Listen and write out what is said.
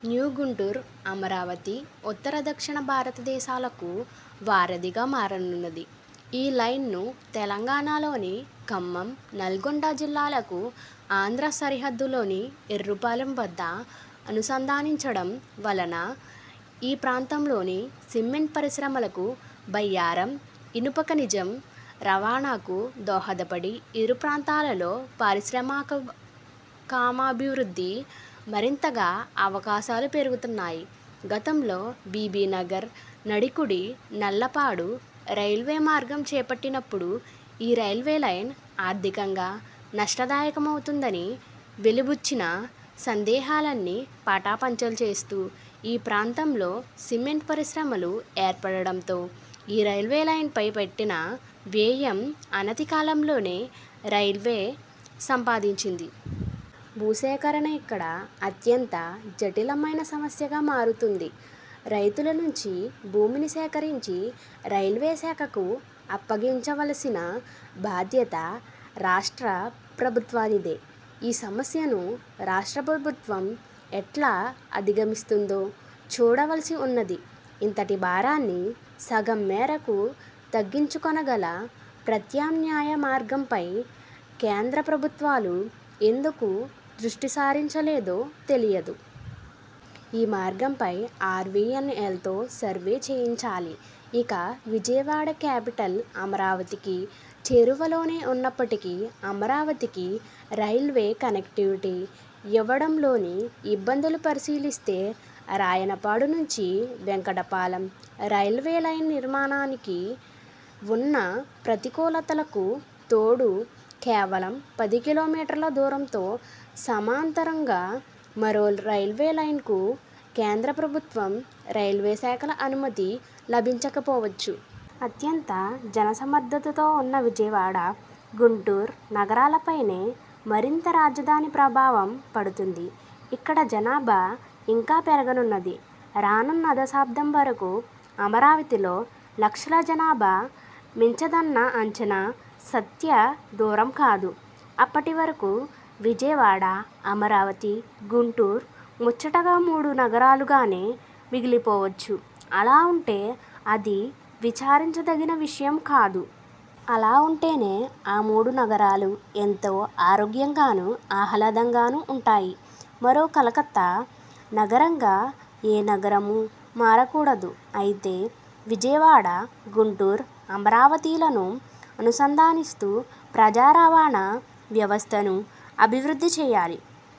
న్యూగుంటూరు, అమరావతి ఉత్తర–దక్షిణ భారతదేశాలకు వారధిగా మారనున్నది. ఈ లైన్ను తెలంగాణలోని ఖమ్మం, నల్గొండ జిల్లాలకు ఆంధ్ర సరిహద్దులోని ఎర్రుపాలెం వద్ద అనుసంధానించడం వలన ఈ ప్రాంతంలోని సిమెంట్ పరిశ్రమలకు, బయ్యారం ఇనుపఖనిజం రవాణాకు దోహదపడి ఇరు ప్రాంతాలలో పారిశ్రామికాభివృద్ధికి మరింతగా అవకాశాలు పెరుగుతాయి. గతంలో బీబీనగర్– నడికుడి– నల్లపాడు రైల్వే మార్గం చేపట్టినప్పుడు ఈ రైల్వేలైన్ ఆర్థికంగా నష్టదాయకమవుతుందని వెలిబుచ్చిన సందేహాలన్నీ పటాపంచలు చేస్తూ ఈ ప్రాంతంలో సిమెంటు పరిశ్రమలు ఏర్పడడంతో ఈ రైల్వే లైన్ పై పెట్టిన వ్యయం అనతి కాలంలోనే రైల్వే సంపాదించింది. భూసేకరణ ఇక్కడ అత్యంత జటిలమైన సమస్యగా మారుతుంది. రైతుల నుంచి భూమిని సేకరించి రైల్వే శాఖకు అప్పగించవలసిన బాధ్యత రాష్ట్ర ప్రభుత్వానిదే. ఈ సమస్యను రాష్ట్ర ప్రభుత్వం ఎట్లా అధిగమిస్తుందో చూడవలసి ఉన్నది. ఇంతటి భారాన్ని సగం మేరకు తగ్గించుకొనగల ప్రత్యామ్నాయ మార్గంపై కేంద్ర ప్రభుత్వాలు ఎందుకు దృష్టిసారించలేదో తెలియదు. ఈ మార్గంపై ఆర్వియన్ఎల్తో సర్వే చేయించాలి. ఇక విజయవాడ కేపిటల్ అమరావతికి చేరువలోనే ఉన్నప్పటికీ అమరావతికి రైల్వే కనెక్టివిటీ ఇవ్వడంలోని ఇబ్బందులు పరిశీలిస్తే రాయనపాడు నుంచి వెంకటపాలెం రైల్వే లైన్ నిర్మాణానికి ఉన్న ప్రతికూలతలకు తోడు కేవలం పది కి. మీల దూరంలో సమాంతరంగా మరో రైల్వే లైన్కు కేంద్ర ప్రభుత్వం, రైల్వే శాఖల అనుమతి లభించకపోవచ్చు. అత్యంత జనసమ్మర్దంతో ఉన్న విజయవాడ, గుంటూరు నగరాలపైనే మరింతగా రాజధాని ప్రభావం పడుతున్నది. ఇక్కడ జనాభా ఇంకా పెరగనున్నది. రానున్న దశాబ్దం వరకు అమరావతిలో లక్షల జనాభా మించదన్న అంచనా సత్యదూరం కాదు. అప్పటివరకు విజయవాడ, అమరావతి, గుంటూరు ముచ్చటగా మూడు నగరాలుగానే మిగిలిపోవచ్చు. అలా ఉంటే అది విచారించదగిన విషయమూ కాదు. అలా ఉంటేనే ఆ మూడు నగరాలు ఎంతో ఆరోగ్యంగానూ, ఆహ్లాదంగానూ ఉంటాయి. మరో కలకత్తా నగరంగా ఏ నగరమూ మారకూడదు. అయితే ఈ విజయవాడ, గుంటూరు, అమరావతిలను అనుసంధానిస్తూ ప్రజారవాణా వ్యవస్థను అభివృద్ధి చేయాలి.